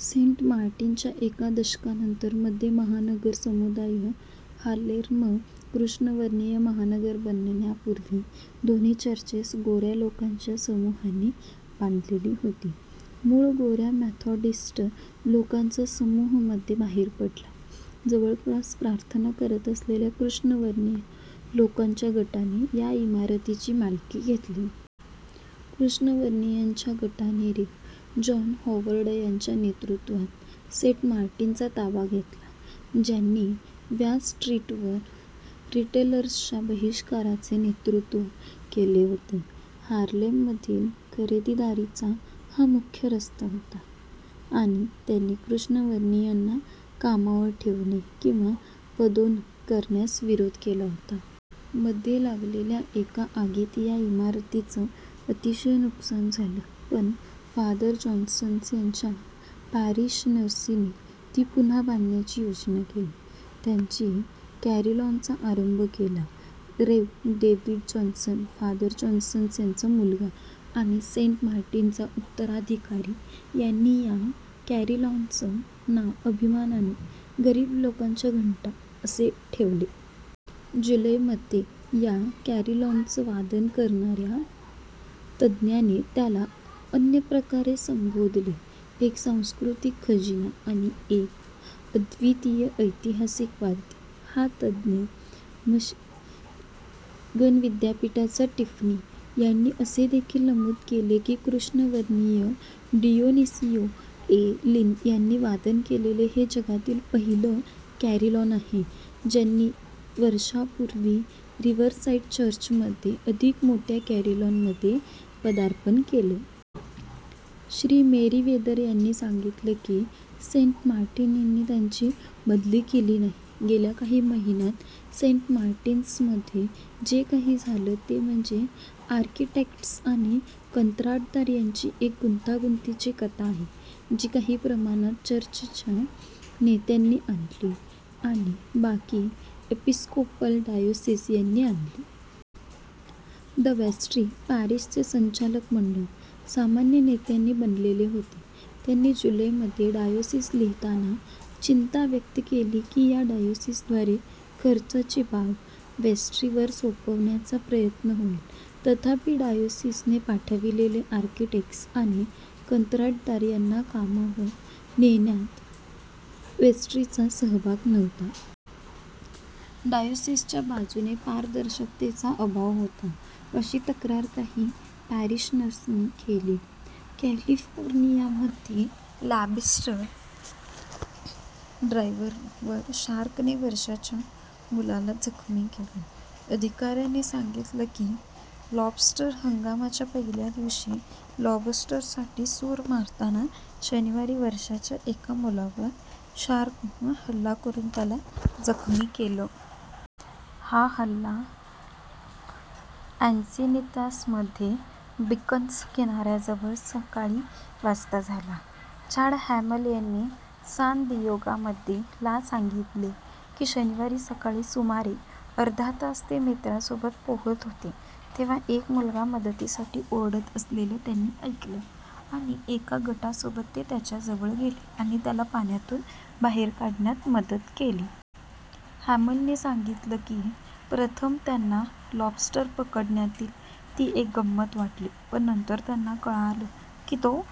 " Saint Martin च्या एका दशकानंतर मध्ये महानगर समुदाय हार्लेम कृष्णवर्णीय महानगर बनण्यापूर्वी दोन्ही चर्चेस गोऱ्या लोकांच्या समूहांनी बांधलेली होती. मूळ गोऱ्या मेथॉडिस्ट लोकांचा समूह मध्ये बाहेर पडला. जवळपास प्रार्थना करत असलेल्या कृष्णवर्णीय लोकांच्या गटाने या इमारतीची मालकी घेतली. कृष्णवर्णीयांच्या गटाने रेव. जॉन हॉवर्ड यांच्या नेतृत्वात सेंट मार्टिनचा ताबा घेतला, ज्यांनी व्या स्ट्रीटवर रिटेलर्सच्या बहिष्काराचे नेतृत्व केले होते, हार्लेममधील खरेदीदारीचा हा मुख्य रस्ता होता, आणि त्यांनी कृष्णवर्णीयांना कामावर ठेवणे किंवा पदोन्नत करण्यास विरोध केला होता. मध्ये लागलेल्या एका आगीत या इमारतीचं अतिशय नुकसान झालं, पण फादर जॉन्सन यांच्या पॅरिशनर्सनी ती पुन्हा बांधण्याची योजना केली, त्यांनी कॅरिलॉनचा आरंभ केला. Rev. David Johnson, father Johnson यांचा मुलगा आणि सेंट मार्टिनचा उत्तराधिकारी, यांनी या कॅरिलॉनचं नाव अभिमानाने "गरीब लोकांच्या घंटा" असं ठेवलं. जुलैमध्ये या कॅरिलॉनचं वादन करणाऱ्या तज्ञाने त्याला अन्यप्रकारे संबोधलं: "एक सांस्कृतिक खजिना" आणि "एक अद्वीतिय ऐतिहासिक वाद्य. " हा तज्ञ, मिशिगन विद्यापीठाचा टिफनी, यांनी असे देखील नमूद केले की कृष्णवर्णीय, डियोनिसियो ए. लिंड, यांनी वादन केलेलं हे जगातील पहिलं कॅरिलॉन आहे, ज्यांनी वर्षापूर्वी रिवरसाईड चर्चमध्ये अधिक मोठ्या कॅरिलॉनमध्ये पदार्पण केलं. श्री. मेरीवेदर यांनी सांगितलं की सेंट मार्टिननी त्यांची बदली केली नाही. गेल्या काही महिन्यांत सेंट मार्टिन्समध्ये जे काही झालं ते म्हणजे आर्किटेक्ट्स आणि कंत्राटदार यांची एक गुंतागुंतीची कथा आहे, जी काही प्रमाणात चर्चच्या नेत्यांनी आणली, आणि बाकी एपिस्कोपल डायोसिस यांनी आणली. द वेस्ट्री – पॅरीशचे संचालक मंडळ, सामान्य नेत्यांनी बनलेले होते – त्यांनी जुलैमध्ये डायोसिस लिहिताना चिंता व्यक्त केली की या डायोसिसद्वारे "खर्चाची बाब" वेस्ट्रीवर सोपविण्याचा प्रयत्न होईल, तथापि डायोसिसने पाठविलेले आर्किटेक्ट्स आणि कंत्राटदार यांना कामावर नेमण्यात वेस्ट्रीचा सहभाग नव्हता. डायोसिसच्या बाजूने पारदर्शकतेचा अभाव होता अशी तक्रार काही पॅरिशनर्सनी केली. कॅलिफोर्नियामध्ये लॉबस्टर ड्राईववर शार्कने वर्षांच्या मुलाला जखमी केलं. अधिकाऱ्यांनी सांगितलं की, लॉबस्टर हंगामाच्या पहिल्या दिवशी लॉबस्टरसाठी सूर मारताना शनिवारी वर्षांच्या एका मुलावर शार्कनं हल्ला करुन त्याला जखमी केलं. हा हल्ला एन्सिनितासमध्ये बिकन्स किनाऱ्याजवळ सकाळी वाजता झाला. चाड हॅमल यांनी सान दियागोमध्ये ला सांगितले की शनिवारी सकाळी सुमारे अर्धा तास ते मित्रांसोबत पोहत होते तेव्हा एक मुलगा मदतीसाठी ओरडत असलेलं त्यांनी ऐकलं आणि एका गटासोबत ते त्याच्याजवळ गेले आणि त्याला पाण्यातून बाहेर काढण्यात मदत केली. हॅमलनी सांगितलं की प्रथम त्यांना लॉबस्टर पकडण्यातली ती एक गंमत वाटली, पण नंतर त्यांना "कळलं की तो